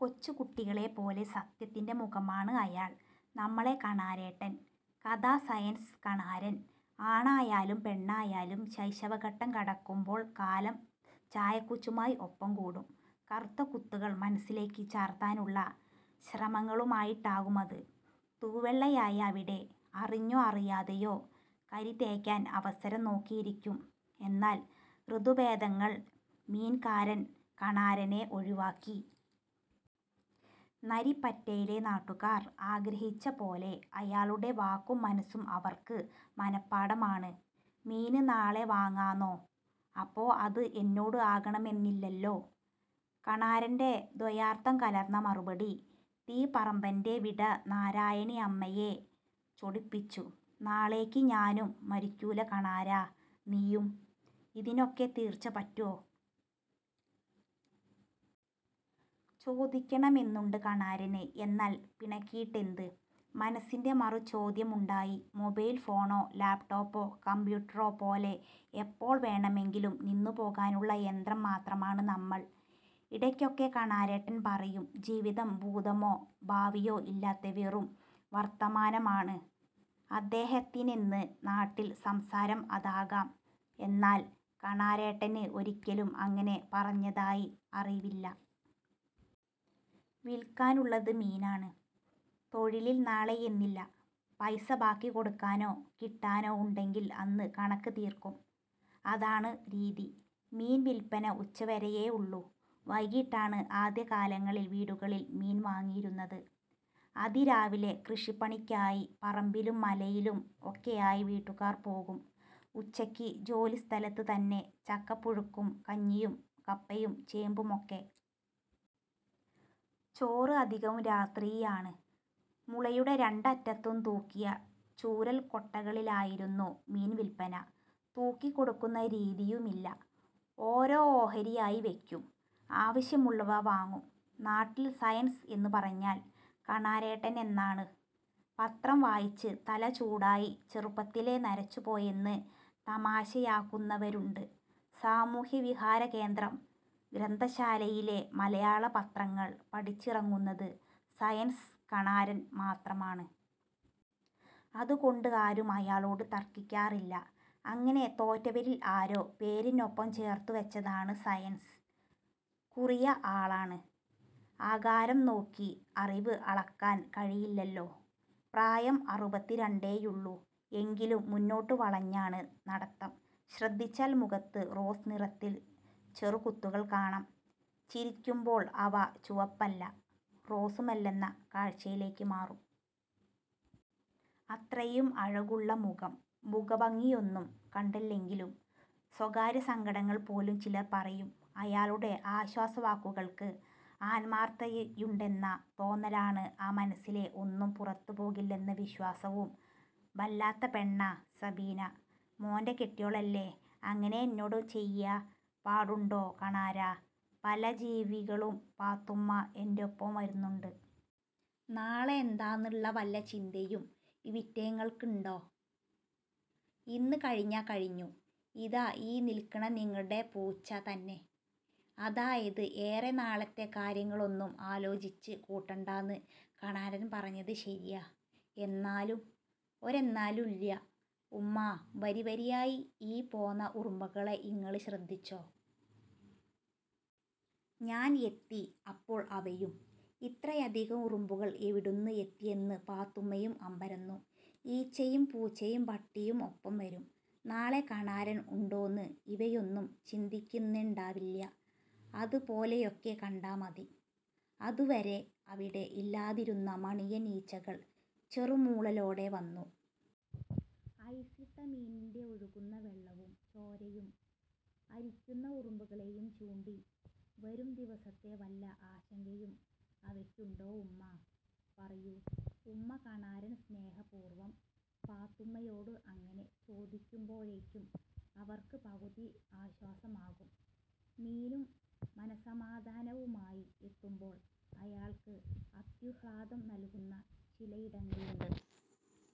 'കൊച്ചുകുട്ടികളെപ്പോലെ സത്യത്തിന്റെ മുഖമാണ് അയാൾ; നമ്മളെ കണാരേട്ടൻ... ' കഥ സയൻസ് കണാരൻ ആണായാലും പെണ്ണായാലും ശൈശവഘട്ടം കടക്കുമ്പോൾ കാലം ചായക്കുച്ചുമായി ഒപ്പം കൂടും. കറുത്ത കുത്തുകൾ മനസ്സിലേക്ക് ചാർത്താനുള്ള ശ്രമങ്ങളുമായിട്ടാകുമത്. തൂവെള്ളയായ അവിടെ അറിഞ്ഞോ അറിയാതെയോ കരിതേയ്ക്കാൻ അവസരം നോക്കിയിരിക്കും. എന്നാൽ ഋതുഭേദങ്ങൾ മീൻകാരൻ കണാരനെ ഒഴിവാക്കി. നരിപ്പറ്റയിലെ നാട്ടുകാർ ആഗ്രഹിച്ചപോലെ. അയാളുടെ വാക്കും മനസ്സും അവർക്ക് മനഃപാഠമാണ്. 'മീന് നാളെ വാങ്ങാന്നോ? അപ്പോ അത് എന്നോട് ആകണമെന്നില്ലല്ലോ. ' കണാരന്റെ ദ്വയാർത്ഥം കലർന്ന മറുപടി തീപറമ്പന്റവിട നാരായണി അമ്മയെ ചൊടിപ്പിച്ചു. 'നാളേക്ക് ഞാനും മരിക്കൂല്ല കണാരാ നീയും'. 'ഇതിനൊക്കെ തീർച്ച പറ്റ്വോ? '. ചോദിക്കണമെന്നുണ്ട് കണാരന്. 'എന്നാൽ പിണക്കിയിട്ടെന്ത്? '. മനസ്സിന്റെ മറുചോദ്യമുണ്ടായി. 'മൊബൈൽ ഫോണോ ലാപ്ടോപ്പോ കമ്പ്യൂട്ടറോ പോലെ എപ്പോൾ വേണമെങ്കിലും നിന്നുപോകാനുള്ള യന്ത്രം മാത്രമാണ് നമ്മൾ..... ' ഇടയ്ക്കൊക്കെ കണാരേട്ടൻ പറയും. ജീവിതം ഭൂതമോ ഭാവിയോ ഇല്ലാത്ത വെറും വർത്തമാനമാണ് അദ്ദേഹത്തിനെന്ന് നാട്ടിൽ സംസാരം അതാകാം. എന്നാൽ കണാരേട്ടൻ ഒരിക്കലും അങ്ങനെ പറഞ്ഞതായി അറിവില്ല. 'വിൽക്കാനുള്ളത് മീനാണ്. തൊഴിലിൽ നാളെയെന്നില്ല'. പൈസ ബാക്കി കൊടുക്കാനോ കിട്ടാനോ ഉണ്ടെങ്കിൽ അന്ന് കണക്ക് തീർക്കും. അതാണ് രീതി. മീൻ വിൽപ്പന ഉച്ചവരെയേ ഉള്ളൂ. വൈകീട്ടാണ് ആദ്യകാലങ്ങളിൽ വീടുകളിൽ മീൻ വാങ്ങിയിരുന്നത്. അതിരാവിലെ കൃഷിപ്പണിക്കായി പറമ്പിലും മലയിലും ഒക്കെയായി വീട്ടുകാർ പോകും. ഉച്ചയ്ക്ക് ജോലി സ്ഥലത്ത് തന്നെ ചക്കപ്പുഴുക്കും കഞ്ഞിയും കപ്പയും ചേമ്പുമൊക്കെ. ചോറ് അധികവും രാത്രിയാണ്. മുളയുടെ രണ്ടറ്റത്തും തൂക്കിയ ചൂരൽ കൊട്ടകളിലായിരുന്നു മീൻ വിൽപ്പന. തൂക്കി കൊടുക്കുന്ന രീതിയുമില്ല. ഓരോ ഓഹരിയായി വയ്ക്കും. ആവശ്യമുള്ളവ വാങ്ങും. നാട്ടിൽ സയൻസ് എന്ന് പറഞ്ഞാൽ കണാരേട്ടനെന്നാണ്. പത്രം വായിച്ച് തല ചൂടായി ചെറുപ്പത്തിലേ നരച്ചുപോയെന്ന് തമാശയാക്കുന്നവരുണ്ട്. സാമൂഹ്യവിഹാരകേന്ദ്രം ഗ്രന്ഥശാലയിലെ മലയാള പത്രങ്ങൾ പഠിച്ചിറങ്ങുന്നത് 'സയൻസ്' കണാരൻ മാത്രമാണ്. അതുകൊണ്ട് ആരും അയാളോട് തർക്കിക്കാറില്ല. അങ്ങനെ തോറ്റവരിൽ ആരോ പേരിനൊപ്പം ചേർത്തുവച്ചതാണ് സയൻസ്. കുറിയ ആളാണ്. ആകാരം നോക്കി അറിവ് അളക്കാൻ കഴിയില്ലല്ലോ!. പ്രായം അറുപത്തിരണ്ടേയുള്ളൂ. എങ്കിലും മുന്നോട്ട് വളഞ്ഞാണ് നടത്തം. ശ്രദ്ധിച്ചാൽ മുഖത്ത് റോസ് നിറത്തിൽ ചെറുകുത്തുകൾ കാണാം. ചിരിക്കുമ്പോൾ അവ ചുവപ്പല്ല റോസുമല്ലെന്ന കാഴ്ചയിലേക്ക് മാറും. അത്രയും അഴകുള്ള മുഖം. മുഖഭംഗിയൊന്നും കണ്ടല്ലെങ്കിലും സ്വകാര്യസങ്കടങ്ങൾ പോലും ചിലർ പറയും. അയാളുടെ ആശ്വാസവാക്കുകൾക്ക് ആത്മാർത്ഥതയുണ്ടെന്ന തോന്നലാണ്. ആ മനസ്സിലെ ഒന്നും പുറത്ത് പോകില്ലെന്ന വിശ്വാസവും. 'ബല്ലാത്ത പെണ്ണാ സബീന. മോന്റെ കെട്ട്വോളല്ലേ? ്അങ്ങനെ എന്നോട് ചെയ്യാ പാടുണ്ടോ കണാരാ? '. 'പല ജീവികളും പാത്തുമ്മാ എന്റൊപ്പം വര്ന്ന്ണ്ട്. നാളെ എന്താന്ന്ള്ള വല്ല ചിന്തയും അവറ്റേങ്ങൾക്ക്ണ്ടോ?. ഇന്ന് കഴിഞ്ഞാ കഴിഞ്ഞു. ഇതാ ഈ നിൽക്ക്ന്ന നിങ്ങള്ടെ പൂച്ച തന്നെ. അതായത് ഏറെ നാളത്തെ കാര്യങ്ങളൊന്നും ആലോചിച്ച് കൂട്ടണ്ടാന്ന്'. 'കണാരൻ പറഞ്ഞത് ശര്യാ..... എന്നാലും.... ' 'ഒരെന്നാലുല്ല്യ.... ഉമ്മാ, വരിവരിയായി ഈ പോന്ന ഉറുമ്പുകളെ ഇങ്ങള് ശ്രദ്ധിച്ചോ?. ഞാൻ എത്തി അപ്പോൾ അവയും..... ' ഇത്രയധികം ഉറുമ്പുകൾ എവിടുന്ന് എത്തിയെന്ന് പാത്തുമ്മയും അമ്പരന്നു!. '... ഈച്ചയും പൂച്ചയും പട്ടിയും ഒപ്പം വരും. നാളെ കണാരൻ ഉണ്ടോന്ന് ഇവയൊന്നും ചിന്തിക്ക്ന്നേണ്ടാവില്ല്യ. ്അത് പോലെയൊക്കെ കണ്ടാ മതി.... ' അതുവരെ അവിടെ ഇല്ലാതിരുന്ന മണിയൻ ഈച്ചകൾ ചെറുമൂളലോടെ വന്നു. ഐസിട്ട മീനിന്റെ ഒഴുകുന്ന വെള്ളവും ചോരയും അരിക്കുന്ന ഉറുമ്പുകളെയും ചൂണ്ടി: 'വരും ദിവസത്തെ വല്ല ആശങ്കയും അവയ്ക്കുണ്ടോ ഉമ്മാ.... പറയൂ ഉമ്മാ'. കണാരൻ സ്നേഹപൂർവ്വം പാത്തുമ്മയോട് അങ്ങനെ ചോദിക്കുമ്പോഴെയ്ക്കും അവർക്ക് പകുതി ആശ്വാസമാകും. മീനും മനസമാധാനവുമായി എത്തുമ്പോൾ അയാൾക്ക് അത്യുഹാദം നൽകുന്ന ചിലയിടങ്ങളുണ്ട്.